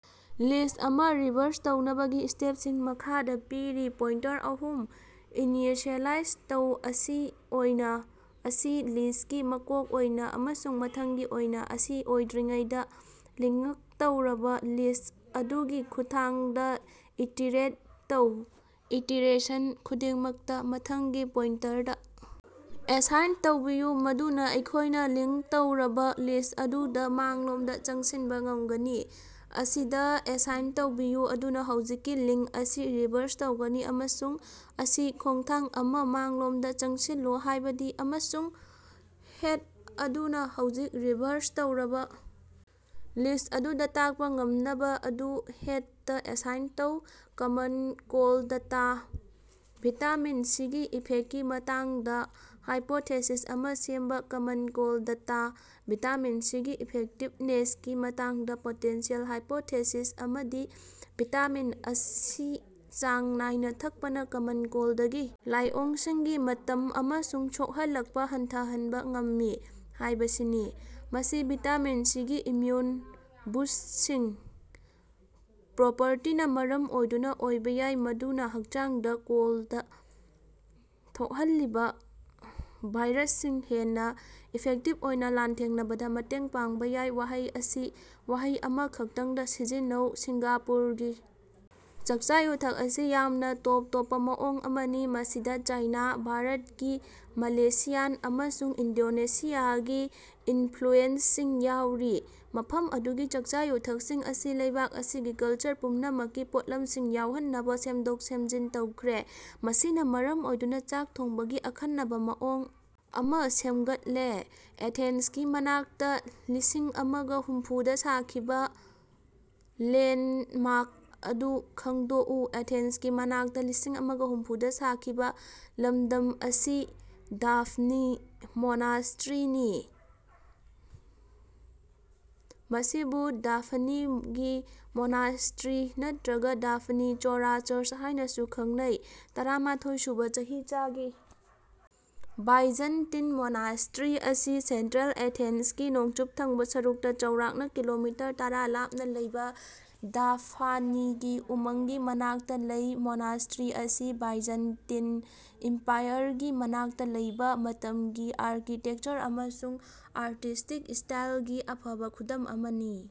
List ꯑꯃ reverse ꯇꯧꯅꯕꯒꯤ ꯁ꯭ꯇꯦꯞꯁꯤꯡ ꯃꯈꯥꯗ ꯄꯤꯔꯤ ꯄꯣꯏꯟꯇꯔ ꯑꯍꯨꯝ ꯏꯅꯤꯁꯤꯑꯦꯂꯥꯏꯖ ꯇꯧ, ꯑꯁꯤ ꯑꯣꯏꯅ, ꯑꯁꯤ ꯂꯤꯁ꯭ꯇꯀꯤ ꯃꯀꯣꯛ ꯑꯣꯏꯅ, ꯑꯃꯁꯨꯡ ꯃꯊꯪꯒꯤ ꯑꯣꯏꯅ꯫ ꯑꯁꯤ ꯑꯣꯏꯗ꯭ꯔꯤꯉꯩꯗ ꯂꯤꯉ꯭ꯛ ꯇꯧꯔꯕ ꯂꯤꯁ ꯑꯗꯨꯒꯤ ꯈꯨꯠꯊꯥꯡꯗ ꯏꯇꯤꯔꯦꯠ ꯇꯧ꯫ ꯏꯇꯤꯔꯦꯁꯟ ꯈꯨꯗꯤꯡꯃꯛꯇ ꯃꯊꯪꯒꯤ ꯄꯣꯏꯟꯇꯔꯗ ꯑꯦꯁꯥꯏꯟ ꯇꯧꯕꯤꯌꯨ ꯃꯗꯨꯅ ꯑꯩꯈꯣꯏꯅ ꯂꯤꯡ ꯇꯧꯔꯕ ꯂꯤꯁ ꯑꯗꯨꯗ ꯃꯥꯡꯂꯣꯝꯗ ꯆꯪꯁꯤꯟꯕ ꯉꯝꯒꯅꯤ꯫ ꯑꯁꯤꯗ ꯑꯦꯁꯥꯏꯟ ꯇꯧꯕꯤꯌꯨ ꯃꯗꯨꯅ ꯍꯧꯖꯤꯛꯀꯤ ꯂꯤꯉ꯭ꯛ ꯑꯁꯤ ꯔꯤꯚꯔꯁ ꯇꯧꯒꯅꯤ꯫ ꯑꯃꯁꯨꯡ ꯑꯁꯤ ꯈꯣꯡꯊꯥꯡ ꯑꯃ ꯃꯥꯡꯂꯣꯝꯗ ꯆꯪꯁꯤꯜꯂꯨ ꯍꯥꯏꯕꯗꯤ ꯑꯃꯁꯨꯡ ꯍꯦꯗ ꯑꯗꯨꯅ ꯍꯧꯖꯤꯛ ꯔꯤꯚꯥꯔꯁ ꯇꯧꯔꯕ ꯂꯤꯁ꯭ꯠ ꯑꯗꯨꯗ ꯇꯥꯛꯄ ꯉꯝꯅꯕ ꯑꯗꯨ ꯍꯦꯗꯇ ꯑꯦꯁꯥꯏꯟ ꯇꯧ꯫ ꯀꯃꯟ ꯀꯣꯜꯗꯇ ꯚꯤꯇꯥꯃꯤꯟ ꯁꯤꯒꯤ ꯏꯐꯦꯛꯇꯀꯤ ꯃꯇꯥꯡꯗ ꯍꯥꯏꯄꯣꯊꯦꯁꯤꯁ ꯑꯃ ꯁꯦꯝꯕ꯫ ꯀꯃꯟ ꯀꯣꯜꯗꯇ ꯚꯤꯇꯥꯃꯤꯟ ꯁꯤꯒꯤ ꯏꯐꯦꯛꯇꯤꯕꯅꯦꯁꯀꯤ ꯃꯇꯥꯡꯗ ꯄꯣꯇꯦꯟꯁꯤꯌꯦꯜ ꯍꯥꯏꯄꯣꯊꯦꯁꯤꯁ ꯑꯃꯗꯤ ꯚꯤꯇꯥꯃꯤꯟ ꯁꯤ ꯆꯥꯡ ꯅꯥꯏꯅ ꯊꯛꯄꯅ ꯀꯃꯟ ꯀꯣꯜꯗꯀꯤ ꯂꯥꯏꯑꯣꯡꯁꯤꯡꯒꯤ ꯃꯇꯝ ꯑꯃꯁꯨꯡ ꯁꯣꯛꯍꯜꯂꯛꯄ ꯍꯟꯊꯍꯟꯕ ꯉꯝꯃꯤ ꯍꯥꯏꯕꯁꯤꯅꯤ꯫ ꯃꯁꯤ ꯚꯤꯇꯥꯃꯤꯟ ꯁꯤꯒꯤ ꯏꯝꯌꯨꯟ-ꯕꯨꯁꯇꯤꯡ ꯄ꯭ꯔꯣꯄꯔꯇꯤꯅ ꯃꯔꯝ ꯑꯣꯏꯗꯨꯅ ꯑꯣꯏꯕ ꯌꯥꯏ, ꯃꯗꯨꯅ ꯍꯛꯆꯥꯡꯗ ꯀꯣꯜꯗ ꯊꯣꯛꯍꯜꯂꯤꯕ ꯚꯥꯏꯔꯁꯁꯤꯡ ꯍꯦꯟꯅ ꯏꯐꯦꯛꯇꯤꯚ ꯑꯣꯏꯅ ꯂꯥꯟꯊꯦꯡꯅꯕꯗ ꯃꯇꯦꯡ ꯄꯥꯡꯕ ꯌꯥꯏ꯫ ꯋꯥꯍꯩ ꯑꯁꯤ ꯋꯥꯍꯩ ꯑꯃꯈꯛꯇꯪꯗ ꯁꯝꯖꯤꯟꯅꯧ꯫ꯁꯤꯡꯒꯥꯄꯨꯔꯒꯤ ꯆꯥꯛꯆꯥ-ꯌꯨꯊꯛ ꯑꯁꯤ ꯌꯥꯝꯅ ꯇꯣꯞ ꯇꯣꯞꯄ ꯃꯑꯣꯡ ꯑꯃꯅꯤ꯫ꯃꯁꯤꯗ ꯆꯥꯏꯅꯥ, ꯚꯥꯔꯠꯀꯤ, ꯃꯂꯦꯁꯤꯌꯥꯟ ꯑꯃꯁꯨꯡ ꯏꯟꯗꯣꯅꯦꯁꯤꯌꯥꯒꯤ ꯏꯅꯐ꯭ꯂꯨꯑꯦꯟꯁꯁꯤꯡ ꯌꯥꯎꯔꯤ꯫ ꯃꯐꯝ ꯑꯗꯨꯒꯤ ꯆꯥꯛꯆꯥ-ꯌꯨꯊꯛꯁꯤꯡ ꯑꯁꯤ ꯂꯩꯕꯥꯛ ꯑꯁꯤꯒꯤ ꯀꯜꯆꯔ ꯄꯨꯝꯅꯃꯛꯀꯤ ꯄꯣꯠꯂꯝꯁꯤꯡ ꯌꯥꯎꯍꯟꯅꯕ ꯁꯦꯝꯗꯣꯛ-ꯁꯦꯝꯖꯤꯟ ꯇꯧꯈ꯭ꯔꯦ꯫ ꯃꯁꯤꯅ ꯃꯔꯝ ꯑꯣꯏꯗꯨꯅ ꯆꯥꯛ ꯊꯣꯡꯕꯒꯤ ꯑꯈꯟꯅꯕ ꯃꯑꯣꯡ ꯑꯃ ꯁꯦꯝꯒꯠꯂꯦ꯫ ꯑꯦꯊꯦꯟꯁꯀꯤ ꯃꯅꯥꯛꯇꯥ ꯂꯤꯁꯤꯡꯑꯃꯒ ꯍꯨꯝꯐꯨ ꯗ ꯁꯥꯈꯤꯕ ꯂꯦꯟꯗꯃꯥꯔꯛ ꯑꯗꯨ ꯈꯪꯗꯣꯛꯎ꯫ ꯑꯦꯊꯦꯟꯁꯀꯤ ꯃꯅꯥꯛꯇ ꯂꯤꯁꯤꯡ ꯑꯃꯒ ꯍꯨꯝꯐꯨꯗ ꯁꯥꯈꯤꯕ ꯂꯝꯗꯝ ꯑꯁꯤ ꯗꯥꯐ꯭ꯅꯤ ꯃꯣꯅꯥꯁꯇ꯭ꯔꯤꯅꯤ꯫ ꯃꯁꯤꯕꯨ ꯗꯥꯐꯅꯤꯒꯤ ꯃꯣꯅꯥꯁꯇ꯭ꯔꯤ ꯅꯠꯇꯔꯒ ꯗꯥꯐ꯭ꯅꯤ ꯆꯣꯔꯥ ꯆꯔꯆ ꯍꯥꯏꯅꯥꯁꯨ ꯈꯪꯅꯩ꯫ ꯇꯔꯥꯃꯥꯊꯣꯏ ꯁꯨꯕ ꯆꯍꯤꯆꯥꯒꯤ ꯕꯥꯏꯖꯟꯇꯤꯟ ꯃꯣꯅꯥꯁꯇ꯭ꯔꯤ ꯑꯁꯤ ꯁꯦꯟꯇꯔꯦꯜ ꯑꯦꯊꯦꯟꯁꯀꯤ ꯅꯣꯡꯆꯨꯞ ꯊꯪꯕꯥ ꯁꯔꯨꯛꯇ ꯆꯥꯎꯔꯥꯛꯅ ꯀꯤꯂꯣꯃꯤꯇꯔ ꯇꯔꯥ ꯂꯥꯞꯅꯥ ꯂꯩꯕ ꯗꯥꯐꯅꯤꯒꯤ ꯎꯃꯪꯒꯤ ꯃꯅꯥꯛꯇ ꯂꯩ꯫ ꯃꯣꯅꯥꯁꯇ꯭ꯔꯤ ꯑꯁꯤ ꯕꯥꯏꯖꯟꯇꯤꯟ ꯏꯝꯄꯥꯌꯔꯒꯤ ꯃꯔꯛꯇ ꯂꯩꯕ ꯃꯇꯝꯒꯤ ꯑꯥꯔꯀꯤꯇꯦꯛꯆꯔ ꯑꯃꯁꯨꯡ ꯑꯥꯔꯇꯤꯁ꯭ꯇꯤꯛ ꯁ꯭ꯇꯥꯏꯜꯒꯤ ꯑꯐꯕ ꯈꯨꯗꯝ ꯑꯃꯅꯤ꯫